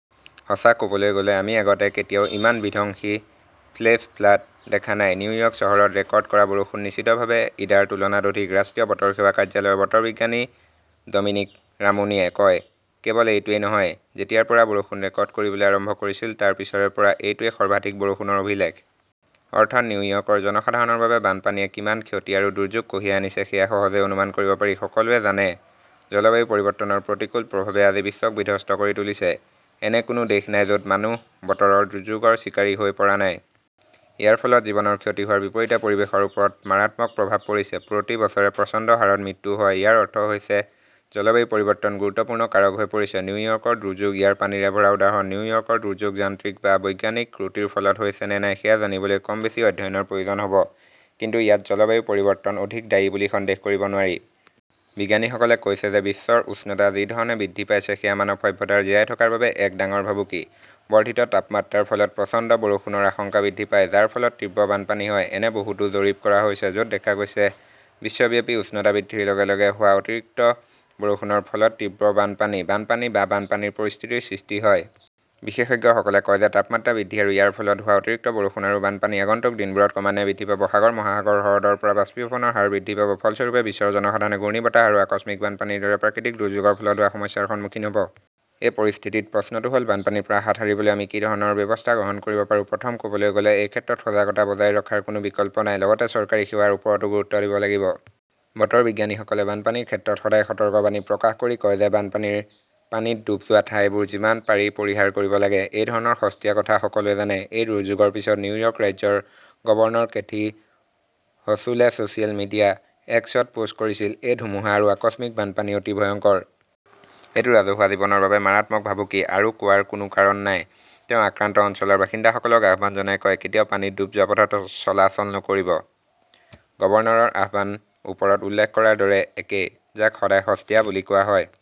সঁচা ক'বলৈ গ'লে, আমি আগতে কেতিয়াও ইমান বিধ্বংসী ফ্লেশ্ব ফ্লাড' দেখা নাই, নিউয়ৰ্ক চহৰত ৰেকৰ্ড কৰা বৰষুণ নিশ্চিতভাৱে ইডাৰ তুলনাত অধিক, ৰাষ্ট্ৰীয় বতৰ সেৱা কাৰ্যালয়ৰ বতৰ বিজ্ঞানী ডমিনিক ৰামুনীয়ে কয়। কেৱল এইটোৱেই নহয়, যেতিয়াৰ পৰা বৰষুণ ৰেকৰ্ড কৰিবলৈ আৰম্ভ কৰিছিল তাৰ পিছৰে পৰা এইটোৱেই সৰ্বাধিক বৰষুণৰ অভিলেখ। অৰ্থাৎ, নিউয়ৰ্কৰ জনসাধাৰণৰ বাবে বানপানীয়ে কিমান ক্ষতি আৰু দুৰ্যোগ কঢ়িয়াই আনিছে সেয়া সহজেই অনুমান কৰিব পাৰি। সকলোৱে জানে, জলবায়ু পৰিৱৰ্তনৰ প্ৰতিকূল প্ৰভাৱে আজি বিশ্বক বিধ্বস্ত কৰি তুলিছে। এনে কোনো দেশ নাই য'ত মানুহ বতৰৰ দুৰ্যোগৰ চিকাৰী হৈ পৰা নাই। ইয়াৰ ফলত জীৱনৰ ক্ষতি হোৱাৰ বিপৰীতে পৰিৱেশৰ ওপৰত মাৰাত্মক প্ৰভাৱ পৰিছে। প্ৰতি বছৰে প্ৰচণ্ড হাৰত মৃত্যুও হয়। ইয়াৰ অৰ্থ হৈছে জলবায়ু পৰিৱৰ্তন গুৰুত্বপূৰ্ণ কাৰক হৈ পৰিছে। নিউয়ৰ্কৰ দুৰ্যোগ ইয়াৰ পানীৰে ভৰা উদাহৰণ। নিউয়ৰ্কৰ দুৰ্যোগ যান্ত্ৰিক বা বৈজ্ঞানিক ত্ৰুটিৰ ফলত হৈছে নে নাই সেয়া জানিবলৈ কম বেছি অধ্যয়নৰ প্ৰয়োজন হ'ব, কিন্তু ইয়াত জলবায়ু পৰিৱৰ্তন অধিক দায়ী বুলি সন্দেহ কৰিব নোৱাৰি। বিজ্ঞানীসকলে কৈছে যে বিশ্বৰ উষ্ণতা যি ধৰণে বৃদ্ধি পাইছে সেয়া মানৱ সভ্যতাৰ জীয়াই থকাৰ বাবে এক ডাঙৰ ভাবুকি। বৰ্ধিত তাপমাত্ৰাৰ ফলত প্ৰচণ্ড বৰষুণৰ আশংকা বৃদ্ধি পায়, যাৰ ফলত তীব্ৰ বানপানী হয়। এনে বহুতো জৰীপ কৰা হৈছে, য'ত দেখা গৈছে বিশ্বব্যাপী উষ্ণতা বৃদ্ধিৰ লগে লগে হোৱা অতিৰিক্ত বৰষুণৰ ফলত তীব্ৰ বানপানী, বানপানী বা বানপানীৰ পৰিস্থিতিৰ সৃষ্টি হয়। বিশেষজ্ঞসকলে কয় যে তাপমাত্ৰা বৃদ্ধি আৰু ইয়াৰ ফলত হোৱা অতিৰিক্ত বৰষুণ আৰু বানপানী আগন্তুক দিনবোৰত ক্ৰমান্বয়ে বৃদ্ধি পাব। সাগৰ-মহাসাগৰ, হ্ৰদৰ পৰা বাষ্পীভৱনৰ হাৰ বৃদ্ধি পাব। ফলস্বৰূপে, বিশ্বৰ জনসাধাৰণে ঘূৰ্ণীবতাহ আৰু আকস্মিক বানপানীৰ দৰে প্ৰাকৃতিক দুৰ্যোগৰ ফলত হোৱা সমস্যাৰ সন্মুখীন হ'ব। এই পৰিস্থিতিত প্ৰশ্নটো হ'ল, বানপানীৰ পৰা হাত সাৰিবলৈ আমি কি ধৰণৰ ব্যৱস্থা গ্ৰহণ কৰিব পাৰোঁ? প্ৰথমে ক'বলৈ গ'লে, এই ক্ষেত্ৰত সজাগতা বজাই ৰখাৰ কোনো বিকল্প নাই। লগতে চৰকাৰী সেৱাৰ ওপৰতো গুৰুত্ব দিব লাগিব। বতৰ বিজ্ঞানীসকলে বানপানীৰ ক্ষেত্ৰত সদায় সতৰ্কবাণী প্ৰকাশ কৰি কয় যে বানপানীৰ পানীত ডুব যোৱা ঠাইবোৰ যিমান পাৰি পৰিহাৰ কৰিব লাগে। এই ধৰণৰ সস্তীয়া কথা সকলোৱে জানে। এই দুৰ্যোগৰ পিছত, নিউয়ৰ্ক ৰাজ্যৰ governor Kathy Hochul social media এক্সত পোষ্ট কৰিছিল, এই ধুমুহা আৰু আকস্মিক বানপানী অতি ভয়ংকৰ। এইটো ৰাজহুৱা জীৱনৰ বাবে মাৰাত্মক ভাবুকি, আৰু কোৱাৰ কোনো কাৰণ নাই। তেওঁ আক্ৰান্ত অঞ্চলৰ বাসিন্দাসকলক আহ্বান জনাই কয়, কেতিয়াও পানীত ডুব যোৱা পথত চলাচল নকৰিব। গৱৰ্ণৰৰ আহ্বান ওপৰত উল্লেখ কৰাৰ দৰে একে, যাক সদায় সস্তীয়া বুলি কোৱা হয়।